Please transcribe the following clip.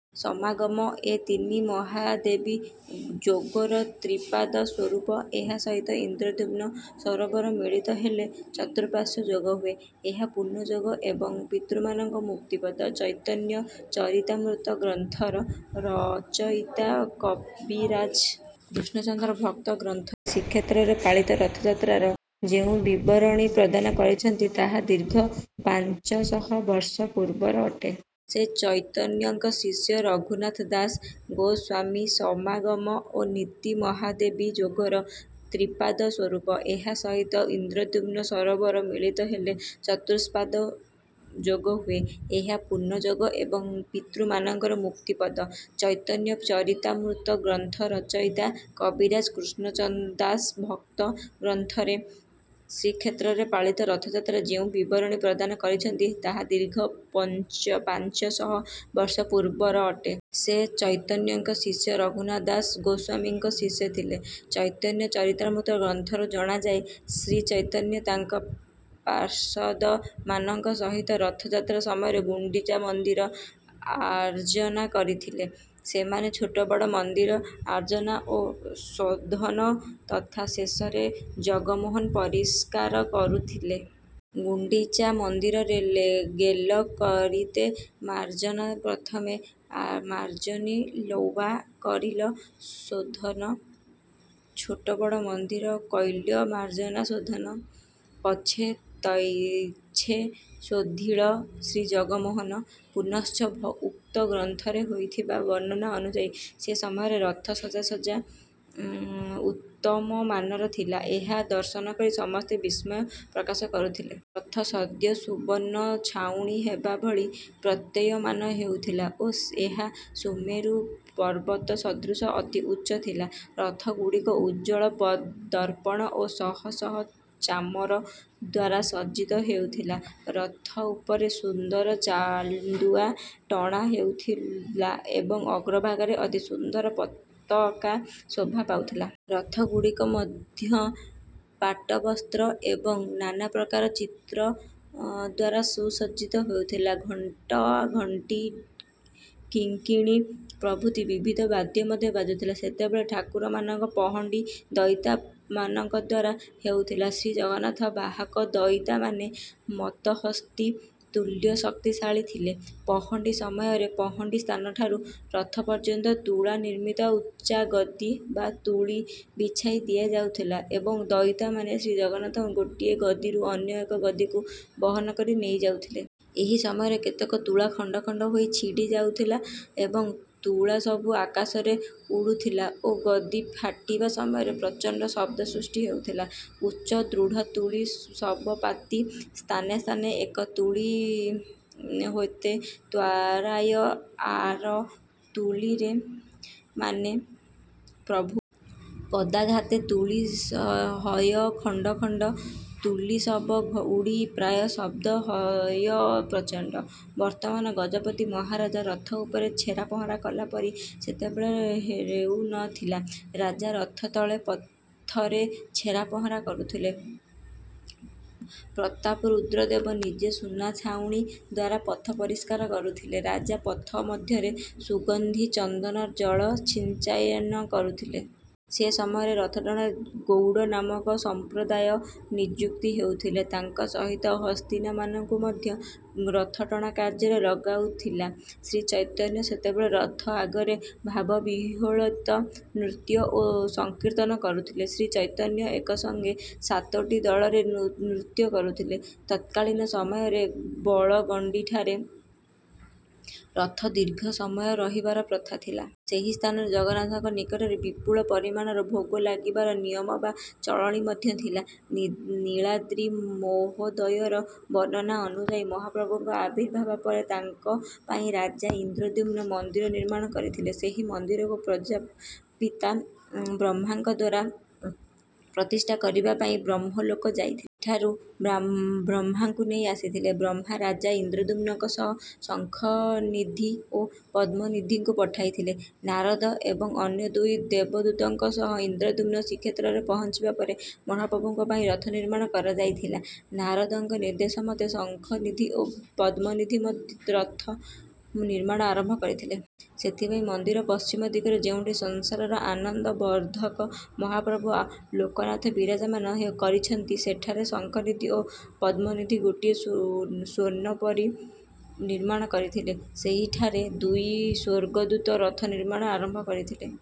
ସମାଗମ ଏ ତିନି ମହାବେଦୀ ଯୋଗର ତ୍ରିପାଦ ସ୍ୱରୂପ। ଏହା ସହିତ ଇନ୍ଦ୍ରଦ୍ୟୁମ୍ନ ସରୋବର ମିଳିତ ହେଲେ ଚତୁସ୍ପାଦ ଯୋଗ ହୁଏ। ଏହା ପୂର୍ଣ୍ଣଯୋଗ ଏବଂ ପିତୃମାନଙ୍କର ମୁକ୍ତିପଦ। ଚୈତନ୍ୟ ଚରିତାମୃତ ଗ୍ରନ୍ଥର ରଚୟିତା କବିରାଜ କୃଷ୍ଣଚନ୍ଦ୍ର ଉକ୍ତ ଗ୍ରନ୍ଥରେ ଶ୍ରୀକ୍ଷେତ୍ରରେ ପାଳିତ ରଥଯାତ୍ରାର ଯେଉଁ ବିବରଣୀ ପ୍ରଦାନ କରିଛନ୍ତି, ତାହା ଦୀର୍ଘ ପାଞ୍ଚ ଶହ ବର୍ଷ ପୂର୍ବର ଅଟେ। ସେ ଚୈତନ୍ୟଙ୍କ ଶିଷ୍ୟ ରଘୁନାଥ ଦାସ ଗୋସ୍ୱାମୀସମାଗମ ଏ ତିନି ମହାବେଦୀ ଯୋଗର ତ୍ରିପାଦ ସ୍ୱରୂପ। ଏହା ସହିତ ଇନ୍ଦ୍ରଦ୍ୟୁମ୍ନ ସରୋବର ମିଳିତ ହେଲେ ଚତୁସ୍ପାଦ ଯୋଗ ହୁଏ। ଏହା ପୂର୍ଣ୍ଣଯୋଗ ଏବଂ ପିତୃମାନଙ୍କର ମୁକ୍ତିପଦ। ଚୈତନ୍ୟ ଚରିତାମୃତ ଗ୍ରନ୍ଥର ରଚୟିତା କବିରାଜ କୃଷ୍ଣଦାସ ଉକ୍ତ ଗ୍ରନ୍ଥରେ ଶ୍ରୀକ୍ଷେତ୍ରରେ ପାଳିତ ରଥଯାତ୍ରାର ଯେଉଁ ବିବରଣୀ ପ୍ରଦାନ କରିଛନ୍ତି, ତାହା ଦୀର୍ଘ ପାଞ୍ଚ ଶହ ବର୍ଷ ପୂର୍ବର ଅଟେ। ସେ ଚୈତନ୍ୟଙ୍କ ଶିଷ୍ୟ ରଘୁନାଥ ଦାସ ଗୋସ୍ୱାମୀଙ୍କ ଶିଷ୍ୟ ଥିଲେ। ଚୈତନ୍ୟ ଚରିତାମୃତ ଗ୍ରନ୍ଥରୁ ଜଣାଯାଏ, ଶ୍ରୀଚୈତନ୍ୟ ତାଙ୍କ ପାର୍ଷଦମାନଙ୍କ ସହିତ ରଥଯାତ୍ରା ସମୟରେ ଗୁଣ୍ଡିଚା ମନ୍ଦିର ମାର୍ଜନା କରୁଥିଲେ। ସେମାନେ ଛୋଟ ବଡ଼ ମନ୍ଦିର ମାର୍ଜନା ଓ ଶୋଧନ ତଥା ଶେଷରେ ଜଗମୋହନ ପରିଷ୍କାର କରୁଥିଲେ। ଗୁଣ୍ଡିଚାମନ୍ଦିରରେ ଗେଲ କରିତେ ମାର୍ଜନା ପ୍ରଥମେ ମାର୍ଜନୀ ଲୱା କରିଲ ଶୋଧନ। ଛୋଟ ବଡ଼ ମନ୍ଦିର କୈଲ ମାର୍ଜନା ଶୋଧନ। ପାଛେ ତୈଛେ ଶୋଧିଲ ଶ୍ରୀଜଗମୋହନ। ପୁନଶ୍ଚ ଉକ୍ତ ଗ୍ରନ୍ଥରେ ହୋଇଥିବା ବର୍ଣ୍ଣନା ଅନୁଯାୟୀ, ସେ ସମୟରେ ରଥର ସାଜସଜ୍ଜା ଉତ୍ତମମାନର ଥିଲା। ଏହା ଦର୍ଶନ କରି ସମସ୍ତେ ବିସ୍ମୟ ପ୍ରକାଶ କରୁଥିଲେ। ରଥ ସଦ୍ୟ ସୁବର୍ଣ୍ଣ ଛାଉଣୀ ହେବା ଭଳି ପ୍ରତୀୟମାନ ହେଉଥିଲା ଓ ଏହା ସୁମେରୁ ପର୍ବତ ସଦୃଶ ଅତି ଉଚ୍ଚ ଥିଲା। ରଥଗୁଡ଼ିକ ଉଜ୍ଜ୍ୱଳ ଦର୍ପଣ ଓ ଶହ ଶହ ଚାମର ଦ୍ୱାରା ସଜ୍ଜିତ ହେଉଥିଲା। ରଥ ଉପରେ ସୁନ୍ଦର ଚାନ୍ଦୁଆ ଟଣା ହେଉଥିଲା ଏବଂ ଅଗ୍ରଭାଗରେ ଅତି ସୁନ୍ଦର ପତାକା ଶୋଭା ପାଉଥିଲା। ରଥଗୁଡ଼ିକ ମଧ୍ୟ ପାଟବସ୍ତ୍ର ଏବଂ ନାନା ପ୍ରକାର ଚିତ୍ର ଦ୍ୱାରା ସୁସଜ୍ଜିତ ହେଉଥିଲା। ଘଣ୍ଟା, ଘଣ୍ଟି, କିଙ୍କିଣୀ ପ୍ରଭୃତି ବିବିଧ ବାଦ୍ୟ ମଧ୍ୟ ବାଜୁଥିଲା। ସେତେବେଳେ ଠାକୁରମାନଙ୍କ ପହଣ୍ଡି ଦଇତାମାନଙ୍କ ଦ୍ୱାରା ହେଉଥିଲା। ଶ୍ରୀଜଗନ୍ନାଥଙ୍କ ବାହକ ଦଇତାମାନେ ମତ୍ତହସ୍ତୀ ତୁଲ୍ୟ ଶକ୍ତିଶାଳୀ ଥିଲେ। ପହଣ୍ଡି ସମୟରେ ପହଣ୍ଡି ସ୍ଥାନଠାରୁ ରଥ ପର୍ଯ୍ୟନ୍ତ ତୁଳା ନିର୍ମିତ ଉଚ୍ଚା ଗଦି ବା ତୁଳୀ ବିଛାଇ ଦିଆଯାଉଥିଲା ଏବଂ ଦଇତାମାନେ ଶ୍ରୀଜଗନ୍ନାଥଙ୍କୁ ଗୋଟିଏ ଗଦିରୁ ଅନ୍ୟ ଏକ ଗଦିକୁ ବହନ କରି ନେଇଯାଉଥିଲେ। ଏହି ସମୟରେ କେତେକ ତୁଳା ଖଣ୍ଡ ଖଣ୍ଡ ହୋଇ ଛିଡ଼ି ଯାଉଥିଲା ଏବଂ ତୁଳା ସବୁ ଆକାଶରେ ଉଡ଼ୁଥିଲା ଓ ଗଦି ଫାଟିବା ସମୟରେ ପ୍ରଚଣ୍ଡ ଶବ୍ଦ ସୃଷ୍ଟି ହେଉଥିଲା। ଉଚ୍ଚ ଦୃଢ଼ ତୁଲୀ ସବ ପାତି ସ୍ଥାନେସ୍ଥାନେ। ଏକ ତୁଲୀ ହୈତେ ତ୍ୱରାୟ ଆର ତୁଲୀତେ ଆନେ। ପ୍ରଭୁ ପଦାଘାତେ ତୁଲୀ ହୟ ଖଣ୍ଡ ଖଣ୍ଡ। ତୁଲୀ ସବ ଉଡ଼ି ଯାୟ ଶବ୍ଦ ହୟ ପ୍ରଚଣ୍ଡ। ବର୍ତ୍ତମାନ ଗଜପତି ମହାରାଜ ରଥ ଉପରେ ଛେରାପହଁରା କଲା ପରି ସେତେବେଳେ ହେଉନଥିଲା। ରାଜା ରଥ ତଳେ ପଥରେ ଛେରାପହଁରା କରୁଥିଲେ। ପ୍ରତାପରୁଦ୍ର ଦେବ ନିଜେ ସୁନା ଛାଉଣୀ ଦ୍ୱାରା ପଥ ପରିଷ୍କାର କରୁଥିଲେ, ରାଜା ପଥ ମଧ୍ୟରେ ସୁଗନ୍ଧି ଚନ୍ଦନ ଜଳ ସିଞ୍ଚନ କରୁଥିଲେ। ସେ ସମୟରେ ରଥଟଣାରେ ଗୌଡ଼ ନାମକ ସମ୍ପ୍ରଦାୟ ନିଯୁକ୍ତ ହେଉଥିଲେ। ତାଙ୍କ ସହିତ ହସ୍ତୀମାନଙ୍କୁ ମଧ୍ୟ ରଥଟଣା କାର୍ଯ୍ୟରେ ଲଗାଯାଉଥିଲା ଶ୍ରୀଚୈତନ୍ୟ ସେତେବେଳେ ରଥ ଆଗରେ ଭାବବିହ୍ୱଳିତ ନୃତ୍ୟ ଓ ସଂକୀର୍ତ୍ତନ କରୁଥିଲେ। ଶ୍ରୀଚୈତନ୍ୟ ଏକସଙ୍ଗେ ସାତଟି ଦଳରେ ନୃତ୍ୟ କରୁଥିଲେ। ତତ୍କାଳୀନ ସମୟରେ ବଳଗଣ୍ଡିଠାରେ ରଥ ଦୀର୍ଘ ସମୟ ରହିବାର ପ୍ରଥା ଥିଲା। ସେହି ସ୍ଥାନରେ ଜଗନ୍ନାଥଙ୍କ ନିକଟରେ ବିପୁଳ ପରିମାଣର ଭୋଗ ଲାଗିବାର ନିୟମ ବା ଚଳଣି ମଧ୍ୟ ଥିଲା। ନୀଳାଦ୍ରି ମହୋଦୟର ବର୍ଣ୍ଣନା ଅନୁଯାୟୀ ମହାପ୍ରଭୁଙ୍କ ଆବିର୍ଭାବ ପରେ ତାଙ୍କ ପାଇଁ ରାଜା ଇନ୍ଦ୍ରଦ୍ୟୁମ୍ନ ମନ୍ଦିର ନିର୍ମାଣ କରିଥିଲେ। ସେହି ମନ୍ଦିରକୁ ପ୍ରଜାପିତା ବ୍ରହ୍ମାଙ୍କ ଦ୍ୱାରା ପ୍ରତିଷ୍ଠା କରିବା ପାଇଁ ବ୍ରହ୍ମଲୋକ ଯାଇଥିଲେ। ସେଠାରୁ ବ୍ରହ୍ମାଙ୍କୁ ନେଇ ଆସିଥିଲେ। ବ୍ରହ୍ମା ରାଜା ଇନ୍ଦ୍ରଦ୍ୟୁମ୍ନଙ୍କ ସହ ଶଙ୍ଖନିଧି ଓ ପଦ୍ମନିଧିଙ୍କୁ ପଠାଇଥିଲେ। ନାରଦ ଏବଂ ଅନ୍ୟ ଦୁଇ ଦେବଦୂତଙ୍କ ସହ ଇନ୍ଦ୍ରଦ୍ୟୁମ୍ନ ଶ୍ରୀକ୍ଷେତ୍ରରେ ପହଞ୍ଚିବା ପରେ ମହାପ୍ରଭୁଙ୍କ ପାଇଁ ରଥ ନିର୍ମାଣ କରାଯାଇଥିଲା। ନାରଦଙ୍କ ନିର୍ଦ୍ଦେଶ ମତେ ଶଙ୍ଖନିଧି ଓ ପଦ୍ମନିଧି ରଥ ନିର୍ମାଣ ଆରମ୍ଭ କରିଥିଲେ। ସେଥିପାଇଁ ମନ୍ଦିର ପଶ୍ଚିମ ଦିଗରେ, ଯେଉଁଠି ସଂସାରର ଆନନ୍ଦବର୍ଦ୍ଧକ ମହାପ୍ରଭୁ ଲୋକନାଥ ବିରାଜମାନ କରିଛନ୍ତି, ସେଠାରେ ଶଙ୍ଖନିଧି ଓ ପଦ୍ମନିଧି ଗୋଟିଏ ସ୍ୱର୍ଣ୍ଣପୁରୀ ନିର୍ମାଣ କରିଥିଲେ। ସେହିଠାରେ ଦୁଇ ସ୍ୱର୍ଗଦୂତ ରଥ ନିର୍ମାଣ ଆରମ୍ଭ କରିଥିଲେ।